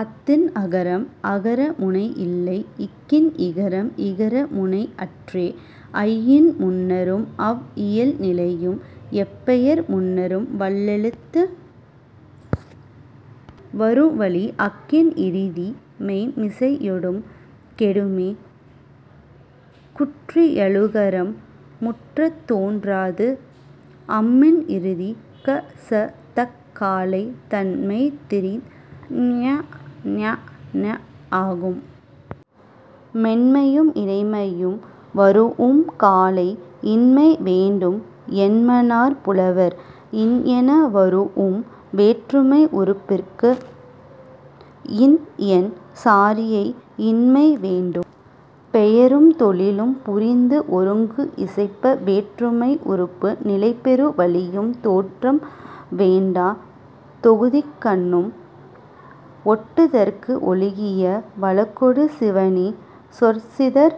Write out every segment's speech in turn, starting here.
அத்தின் அகரம் அகர முனை இல்லை. இக்கின் இகரம் இகர முனை அற்றே. ஐயின் முன்னரும் அவ் இயல் நிலையும். எப் பெயர் முன்னரும் வல்லெழுத்து வரு வழி அக்கின் இறுதி மெய்ம் மிசையொடும் கெடுமே குற்றியலுகரம் முற்றத் தோன்றாது. அம்மின் இறுதி க ச தக் காலை தன் மெய் திரிந்து ங ஞ ந ஆகும். மென்மையும் இடைமையும் வரூஉம் காலை இன்மை வேண்டும் என்மனார் புலவர். இன் என வரூஉம் வேற்றுமை உருபிற்கு இன் என் சாரியை இன்மை வேண்டும். பெயரும் தொழிலும் புரிந்து ஒருங்கு இசைப்ப வேற்றுமை உருபு நிலைபெறு வழியும் தோற்றம் வேண்டாத் தொகுதிக்கண்ணும் ஒட்டுதற்கு ஒழுகிய வழக்கொடு சிவணி சொற் சிதர்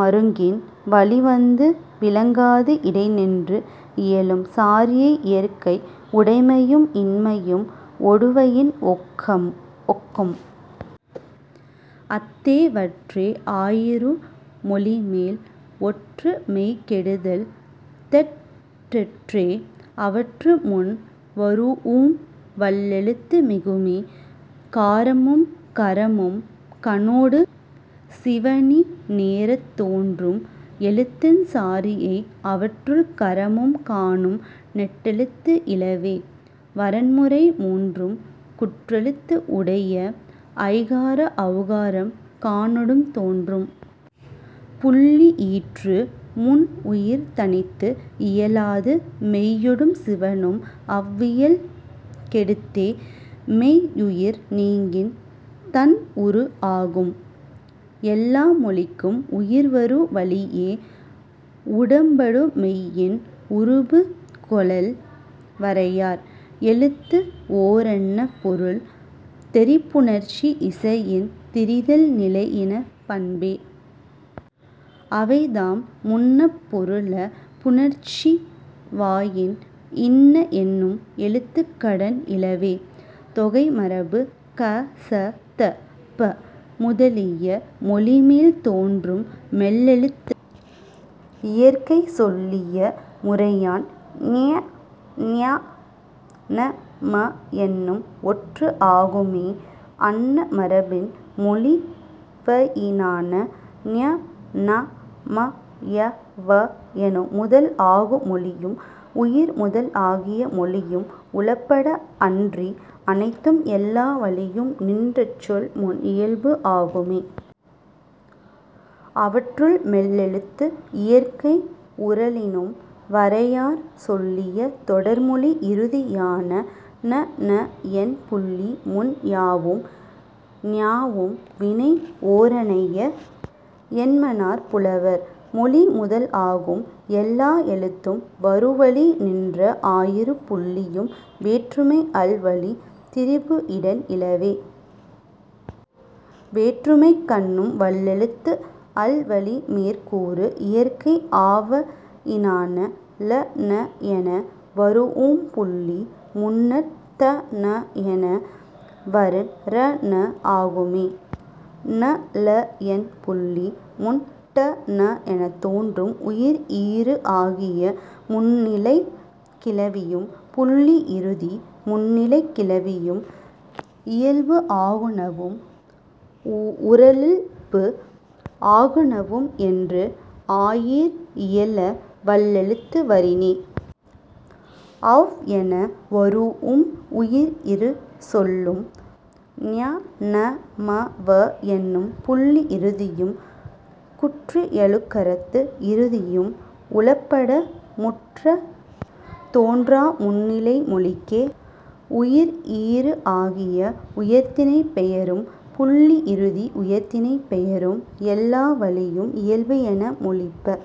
மருங்கின் வழி வந்து விளங்காது இடை நின்று இயலும் சாரியை இயற்கை உடைமையும் இன்மையும் ஒடுவயின் ஒக்கும். அத்தே வற்றே ஆயிரு மொழிமேல் ஒற்று மெய் கெடுதல் தெற்றென்றற்றே அவற்று முன் வரூஉம் வல்லெழுத்து மிகுமே. காரமும் கரமும் கனொடு சிவணி நேரத் தோன்றும் எழுத்தின் சாரியை. அவற்றுள், கரமும் கானும் நெட்டெழுத்து இலவே. வரன்முறை மூன்றும் குற்றெழுத்து உடைய. ஐகார ஔகாரம் கானொடும் தோன்றும். புள்ளி ஈற்று முன் உயிர் தனித்து இயலாது மெய்யொடும் சிவணும் அவ் இயல் கெடுத்தே. மெய் உயிர் நீங்கின் தன் உரு ஆகும். எல்லா மொழிக்கும் உயிர் வரு வழியே உடம்படுமெய்யின் உருபு கொளல் வரையார். எழுத்து ஓரன்ன பொருள் தெரி புணர்ச்சி இசையின் திரிதல் நிலைஇய பண்பே. அவைதாம், முன்னப் பொருள புணர்ச்சிவாயின் இன்ன என்னும் எழுத்துக் கடன் இலவே.. தொகைமரபு க ச த ப முதலிய மொழிமேல் தோன்றும் மெல்லெழுத்து இயற்கை சொல்லிய முறையான் ங ஞ ந ம என்னும் ஒற்று ஆகும்மே அன்ன மரபின் மொழிவயினான. ஞ ந ம ய வ எனும் முதல் ஆகு மொழியும் உயிர் முதல் ஆகிய மொழியும் உளப்பட அன்றி அனைத்தும் எல்லா வழியும் நின்ற சொல் முன் இயல்பு ஆகும்மே. அவற்றுள், மெல்லெழுத்து இயற்கை உறழினும் வரையார் சொல்லிய தொடர்மொழி இறுதியான. ண ன என் புள்ளி முன் யாவும் ஞாவும் வினை ஓரனைய என்மனார் புலவர். மொழி முதல் ஆகும் எல்லா எழுத்தும் வரு வழி நின்ற ஆயிரு புள்ளியும் வேற்றுமை அல் வழித் திரிபு இடன் இலவே. வேற்றுமைக்கண்ணும் வல்லெழுத்து அல் வழி மேற் கூறு இயற்கை ஆவயினான. ல ன என வரூஉம் புள்ளி முன்னர் த ந என வரின் ற ன ஆகும்மே. ண ள என் புள்ளி முன் ட ண எனத் தோன்றும். உயிர் ஈறு ஆகிய முன்னிலைக் கிளவியும் புள்ளி இறுதி முன்னிலைக் கிளவியும் இயல்பு ஆகுநவும் உறழ்பு ஆகுநவும் என்று ஆயீர் இயல வல்லெழுத்து வரினே. ஔ என வரூஉம் உயிர் இறு சொல்லும் ஞ ந ம வ என்னும் புள்ளி இறுதியும் குற்றியலுகரத்து இறுதியும் உளப்பட முற்றத் தோன்றா முன்னிலை மொழிக்கே. உயிர் ஈறு ஆகிய உயர்திணைப் பெயரும் புள்ளி இறுதி உயர்திணைப் பெயரும் எல்லா வழியும் இயல்பு என மொழிப.